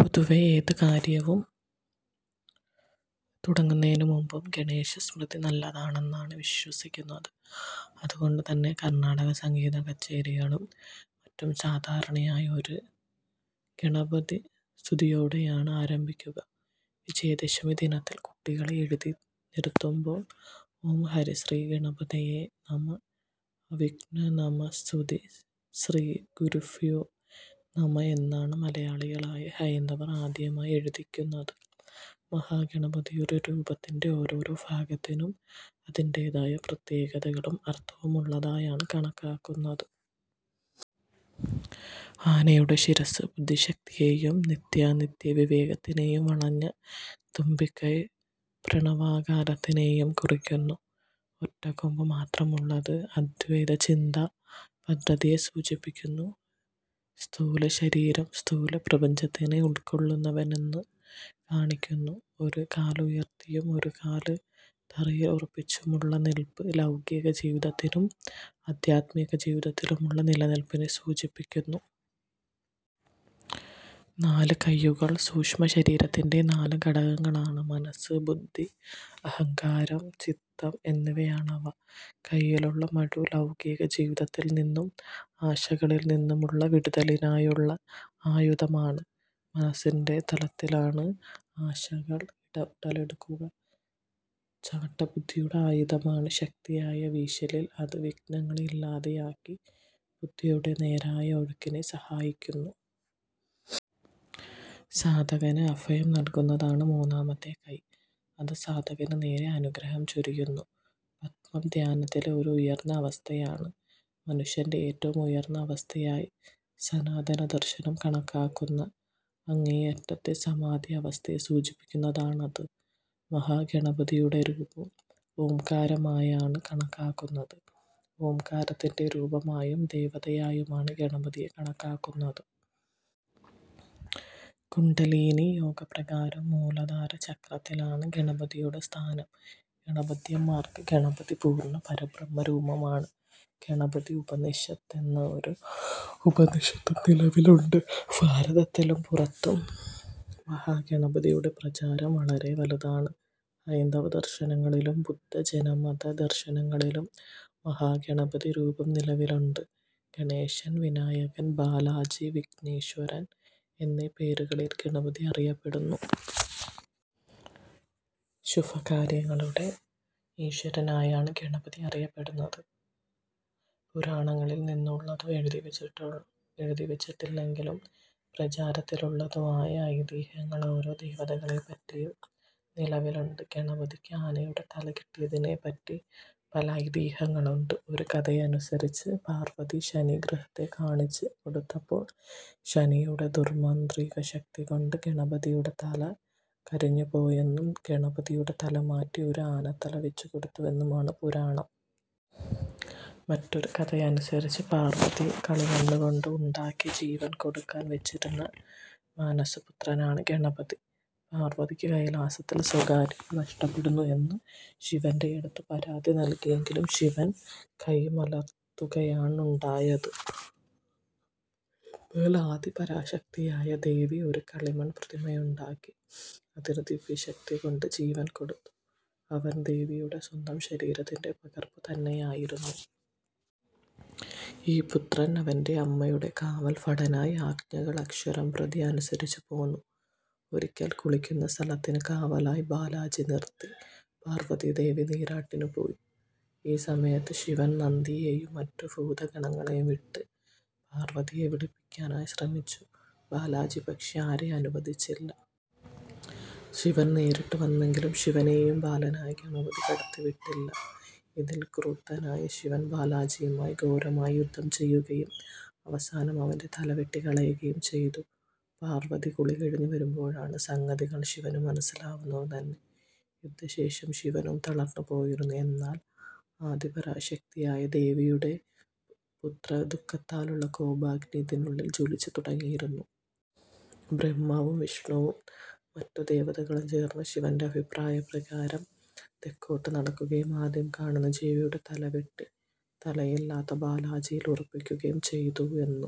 പൊതുവേ ഏതുകാര്യം തുടങ്ങുന്നതിനു മുൻപും ഗണേശ സ്മൃതി നല്ലതാണേന്നാണ് വിശ്വസിയ്ക്കുന്നത്. അതുകൊണ്ട് തന്നെ കർണ്ണാടകസംഗീതകച്ചേരികളും മറ്റും സാധാരണയായി ഒരു ഗണപതിസ്തുതിയോടേയാണ് ആരംഭിയ്ക്കുക. വിജയദശമി ദിനത്തിൽ കുട്ടികളെ എഴുത്തിനിരുത്തുമ്പോൾ ഓം ഹരി ശ്രീ ഗണപതയേ നമഃഅവിഘ്നമസ്തു ശ്രീ ഗുരുഭ്യോ നമഃഎന്നാണ് മലയാളികളായ ഹൈന്ദവർ ആദ്യമായി എഴുതിയ്ക്കുന്നത്. മഹാഗണപതിയുടെ രൂപത്തിന്റെ ഓരോരോ ഭാഗത്തിനും അതിന്റേതായ പ്രത്യേകതകളും അർത്ഥവുമുള്ളതായാണ് കണക്കാക്കുന്നത്. ആനയുടെ ശിരസ്സ് ബുദ്ധിശക്തിയേയും നിത്യാനിത്യ വിവേകത്തിനേയും വളഞ്ഞ തുമ്പിക്കൈ പ്രണവാകാരത്തിനേയും കുറിയ്ക്കുന്നു ഒറ്റക്കൊമ്പ് മാത്രമുള്ളത് അദ്വൈത ചിന്താ പദ്ധതിയെ സൂചിപ്പിയ്ക്കുന്നു. സ്ഥൂല ശരീരം സ്ഥൂല പ്രപഞ്ചത്തിനെ ഉൾക്കൊള്ളുന്നവനെന്ന് കാണിയ്ക്കുന്നു. ഒരു കാലുയർത്തിയും ഒരു കാല് തറയ്ലുറപ്പിച്ചുമുള്ള നിൽപ്പ് ലൗകിക ജീവിതത്തിലും അദ്ധ്യാത്മിക ജീവിതത്തിലുമുള്ള നിലനിൽപ്പിനെ സൂചിപ്പിയ്ക്കുന്നു. നാലു കയ്യുകൾ സൂക്ഷ്മ ശരീരത്തിന്റെ നാല് ഘടകങ്ങളാണ് മനസ്സ്, ബുദ്ധി, അഹംകാരം, ചിത്തം എന്നിവയാണവ. കയ്യിലുള്ള മഴു ലൗകിക ജീവിതത്തിൽ നിന്നും ആശകളിൽ നിന്നുമുള്ള വിടുതലിനായുള്ള ആയുധമാണ്. മനസ്സിന്റെ തലത്തിലാണ് ആശകൾ ഉടലെടുക്കുക. ചാട്ട ബുദ്ധിയുടെ ആയുധമാണ്. ശക്തിയായ വീശലിൽ അത് വിഘ്നങ്ങളെ ഇല്ലാതെയാക്കി ബുദ്ധിയുടെ നേരായ ഒഴുക്കിനെ സഹായിയ്ക്കുന്നു. സാധകന് അഭയം നൽകുന്നതാണ് മൂന്നാമത്തെ കയ്യ്.. അത് സാധകനു നേരെ അനുഗ്രഹം ചൊരിയുന്നു. പദ്മം ധ്യാനത്തിലെ ഒരു ഉയർന്ന അവസ്ഥയാണ്. മനുഷ്യന്റെ ഏറ്റവും ഉയർന്ന അവസ്ഥയായി സനാതന ദർശനം കണക്കാക്കുന്ന, അങ്ങേയറ്റത്തെ സമാധി അവസ്ഥയെ സൂചിപ്പിയ്ക്കുന്നതാണത് മഹാ ഗണപതിയുടെ രൂപം ഓംകാരമായാണ് കണക്കാക്കുന്നത്. ഓംകാരത്തിന്റെ രൂപമായും ദേവതയായുമാണ് ഗണപതിയെ കണക്കാക്കുന്നത്. കുണ്ഡലിനീ യോഗപ്രകാരം മൂലാധാര ചക്രത്തിലാണ് ഗണപതിയുടെ സ്ഥാനം. ഗാണപത്യന്മാർക്ക് ഗണപതി പൂർണ്ണ പരബ്രഹ്മ രൂപമാണ്. ഗണപതി ഉപനിഷത്ത് എന്ന ഒരു ഉപനിഷത്തും നിലവിലുണ്ട് ഭാരതത്തിലും പുറത്തും മഹാഗണപതിയുടെ പ്രചാരം വളരെ വലുതാണ്. ഹൈന്ദവ ദർശനങ്ങളിലും ബുദ്ധ, ജൈനമത ദർശനങ്ങളിലും മഹാ ഗണപതീ രൂപം നിലവിലുണ്ട്. ഗണേശൻ, വിനായകൻ, ബാലാജി, വിഘ്നേശ്വരൻ എന്നീ പേരുകളിലും ഗണപതി അറിയപ്പെടുന്നു. ശുഭകാര്യങ്ങളുടെ ഈശ്വരനായാണു ഗണപതി അറിയപ്പെടുന്നത്. പുരാണങ്ങളിൽ നിന്നുള്ളതോ എഴുതിവച്ചിട്ടില്ലെങ്കിലും പ്രാചാരത്തിലുള്ളതോ ആയ ഐതിഹ്യങ്ങൾ ഓരോ ദേവതകളെപ്പറ്റിയും നിലവിലുണ്ട്. ഗണപതിക്കു ആനയുടെ തല കിട്ടിയതിനെപ്പറ്റി പല ഐതിഹ്യങ്ങളുണ്ട്. ഒരു കഥയനുസരിച്ച് പാർവതി ശനി ഗ്രഹത്തെ കാണിച്ചു കൊടുത്തപ്പോൾ ശനിയുടെ ദുർമാന്ത്രികശക്തികൊണ്ട് ഗണപതിയുടെ തല കരിഞ്ഞുപോയെന്നും ഗണപതിയുടെ തല മാറ്റി ഒരു ആനത്തല വയ്ച്ചുകൊടുത്തുവെന്നുമാണ് പുരാണം. മറ്റൊരുകഥയനുസരിച്ച് പാർവ്വതി കളിമണ്ണുകൊണ്ട് ഉണ്ടാക്കി ജീവൻ കൊടുക്കാൻ വെച്ചിരുന്ന മാനസപുത്രനാണ് ഗണപതി. പാർവതിയ്ക്കു കൈലാസത്തിൽ സ്വകര്യത നഷ്ടപ്പെടുന്നു എന്ന് ശിവന്റെയടുത്തു പരാതി നൽകിയെങ്കിലും ശിവൻ കൈ മലർത്തുകയാണുണ്ടായത്, എന്നാൽ ആദി പരാശക്തിയായ ദേവി ഒരു കളിമൺ പ്രതിമയുണ്ടാക്കി അതിനു ദിവ്യശക്തികൊണ്ടു ജീവൻ കൊടുത്തു. അവൻ ദേവിയുടെ സ്വന്തം ശരീരത്തിന്റെ പകർപ്പു തന്നെയായിരുന്നു. ഈ പുത്രൻ അവന്റെ അമ്മയുടെ കാവൽ ഭടനായി ആജ്ഞകൾ അക്ഷരം പ്രതി അനുസരിച്ചു പോന്നു. ഒരിയ്കൽ കുളിക്കുന്ന സ്ഥലത്തിനു കാവലായി ബാലാജി നിർത്തി പാർവതി ദേവി നീരാട്ടിനു പോയി. ഈ സമയത്തു ശിവൻ നന്ദിയെയും മറ്റു ഭൂതഗണങ്ങളെയും വിട്ടു പർവതിയെ വിളിപ്പിയ്ക്കാൻ ശ്രമിച്ചു. ബാലാജി പക്ഷെ ആരെയും അനുവദിച്ചില്ല. ശിവൻ നേരിട്ടു വന്നെങ്കിലും ശിവനെയും ബാലനായ ഗണപതി കടത്തിവിട്ടില്ല. ഇതിൽ ക്രുദ്ധനായ ശിവൻ ബാലാജിയുമായി ഘോരമായ യുദ്ധം ചെയ്യുകയും അവസാനം അവന്റെ തലവെട്ടിക്കളയുകയും ചെയ്തു. പാർവതി കുളികഴിഞ്ഞു വരുമ്പോഴാണു സംഗതികൾ ശിവനു മനസ്സിലാവുന്നതു തന്നെ. യുദ്ധ ശേഷം ശിവനും തളർന്നു പോയിരുന്നു. എന്നാൽ ആദിപരാശക്തിയായ ദേവിയുടെ പുത്രദുഃഖത്താലുള്ള കോപഗ്നി ഇതിനുള്ളിൽ ജ്വലിച്ചു തുടങ്ങിയിരുന്നു. ബ്രഹ്മാവും വിഷ്ണുവും മറ്റു ദേവകളും ചേർന്ന് ശിവന്റെ അഭിപ്രായപ്രകാരം തെക്കോട്ട് നടക്കുകയും ആദ്യം കാണുന്ന ജീവിയുടെ തല വെട്ടി തലയില്ലാത്ത ബാലാജിയിൽ ഉറപ്പിക്കുകയും ചെയ്തു എന്ൻ